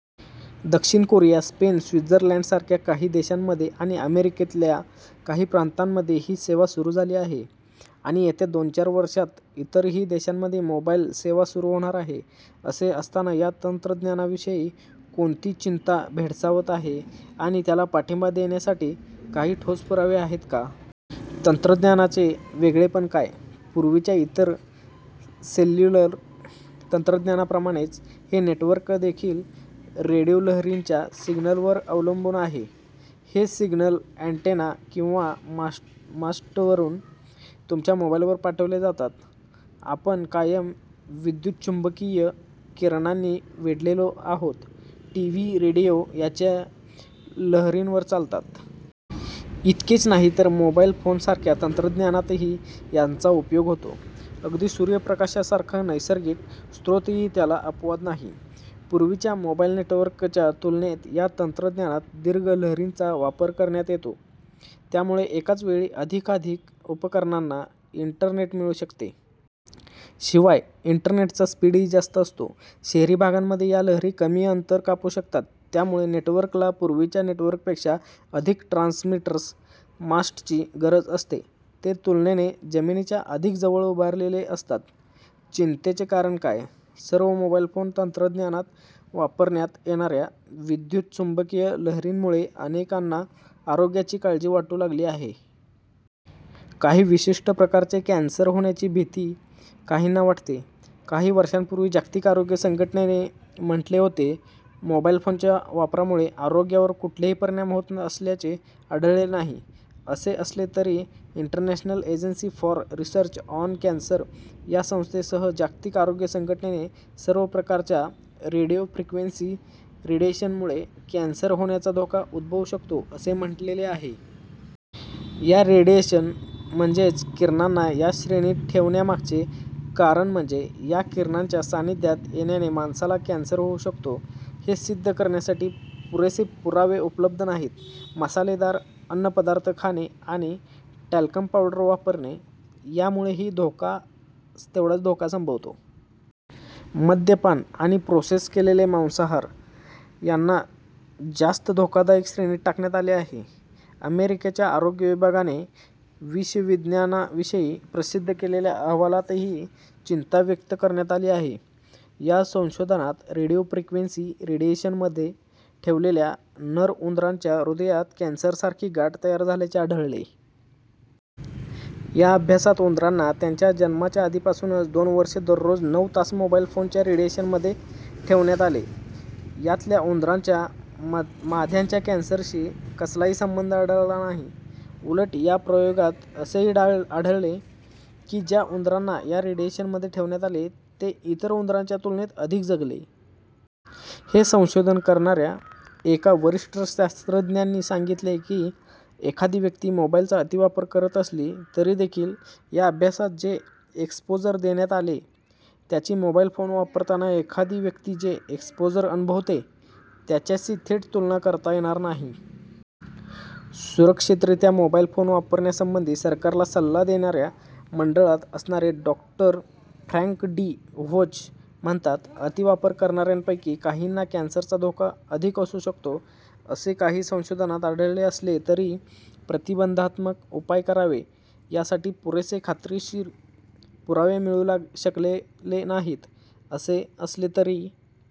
दक्षिण Korea, Spain, स्वित्झरलँडसारख्या काही देशांमध्ये आणि अमेरिकेतल्या काही प्रांतांमध्ये ही सेवा सुरू झाली आहे आणि येत्या दोन-चार वर्षांत इतरही देशांमध्ये मोबाईल सेवा सुरू होणार आहे. असे असताना या तंत्रज्ञानाविषयी कोणती चिंता भेडसावत आहे आणि त्याला पाठिंबा देण्यासाठी काही ठोस पुरावे आहेत का? तंत्रज्ञानाचे वेगळेपण काय? पूर्वीच्या इतर सेल्युलर तंत्रज्ञानाप्रमाणेच हे नेटवर्कदेखील रेडिओलहरींच्या सिग्नलवर अवलंबून आहे. हे सिग्नल अँटेना किंवा मास्टवरून तुमच्या मोबाईलवर पाठवले जातात. आपण कायम विद्युतचुंबकीय किरणांनी वेढलेलो आहोत. टीव्ही, रेडिओ याच लहरींवर चालतात. इतकेच नाही तर मोबाईल फोनसारख्या तंत्रज्ञानातही यांचा उपयोग होतो. अगदी सूर्यप्रकाशासारखा नैसर्गिक स्रोतही त्याला अपवाद नाही. पूर्वीच्या मोबाईल नेटवर्कच्या तुलनेत या तंत्रज्ञानात दीर्घ लहरींचा वापर करण्यात येतो. त्यामुळे एकाच वेळी अधिकाधिक उपकरणांना इंटरनेट मिळू शकते. शिवाय, इंटरनेटचा स्पीडही जास्त असतो. शहरी भागांमध्ये या लहरी कमी अंतर कापू शकतात. त्यामुळे नेटवर्कला पूर्वीच्या नेटवर्कपेक्षा अधिक ट्रान्समीटर्स मास्टची गरज असते. ते तुलनेने जमिनीच्या अधिक जवळ उभारलेले असतात. चिंतेचे कारण काय? सर्व मोबाईल फोन तंत्रज्ञानात वापरण्यात येणाऱ्या विद्युतचुंबकीय लहरींमुळे अनेकांना आरोग्याची काळजी वाटू लागली आहे. काही विशिष्ट प्रकारचे कॅन्सर होण्याची भीती काहींना वाटते. काही वर्षांपूर्वी जागतिक आरोग्य संघटनेने म्हटले होते, ""मोबाईल फोनच्या वापरामुळे आरोग्यावर कुठलेही दुष्परिणाम होत असल्याचे आढळलेले नाही."" असे असले तरी international agency for research on cancer या संस्थेसह जागतिक आरोग्य संघटनेने सर्व प्रकारच्या रेडिओ फ्रिक्वेन्सी रेडिएशनमुळे 'कॅन्सर होण्याचा धोका उद्भवू शकतो' असे म्हटलेले आहे. या रेडिएशन म्हणजेच किरणांना या श्रेणीत ठेवण्यामागचे कारण म्हणजे ""या किरणांच्या सानिध्यात येण्याने माणसाला कॅन्सर होऊ शकतो, हे सिद्ध करण्यासाठी पुरेसे पुरावे उपलब्ध नाहीत."" मसालेदार अन्नपदार्थ खाणे आणि टॅल्कम पावडर वापरणे यामुळेही तेवढाच धोका संभवतो. मद्यपान आणि प्रोसेस केलेले मांसाहार यांना जास्त धोकादायक श्रेणीत टाकण्यात आले आहे. अमेरिकेच्या आरोग्य विभागाने विषविज्ञानाविषयी प्रसिद्ध केलेल्या अहवालातही चिंता व्यक्त करण्यात आली आहे. या संशोधनात रेडिओ फ्रिक्वेन्सी रेडिएशनमध्ये ठेवलेल्या नर उंदरांच्या हृदयात कॅन्सरसारखी गाठ तयार झाल्याचे आढळले. या अभ्यासात उंदरांना त्यांच्या जन्माच्या आधीपासून दोन वर्षे दररोज नऊ तास मोबाईल फोनच्या रेडिएशनमध्ये ठेवण्यात आले. यातल्या उंदरांच्या माद्यांचा कॅन्सरशी कसलाही संबंध आढळला नाही. उलट या प्रयोगात असेही आढळले की ज्या उंदरांना या रेडिएशनमध्ये ठेवण्यात आले ते इतर उंदरांच्या तुलनेत अधिक जगले. हे संशोधन करणाऱ्या एका वरिष्ठ शास्त्रज्ञांनी सांगितले की एखादी व्यक्ती मोबाईलचा अतिवापर करत असली तरीदेखील, ""या अभ्यासात जे एक्सपोजर देण्यात आले त्याची मोबाईल फोन वापरताना एखादी व्यक्ती जे एक्सपोजर अनुभवते त्याच्याशी थेट तुलना करता येणार नाही."" सुरक्षितरीत्या मोबाईल फोन वापरण्यासंबंधी सरकारला सल्ला देणाऱ्या मंडळात असणारे डॉ. फ्रँक डी व्होच म्हणतात, ""अतिवापर करणाऱ्यांपैकी काहींना कॅन्सरचा धोका अधिक असू शकतो, असे काही संशोधनात आढळले असले तरी प्रतिबंधात्मक उपाय करावे, यासाठी पुरेसे खात्रीशीर पुरावे मिळू शकलेले नाहीत."" असे असले तरी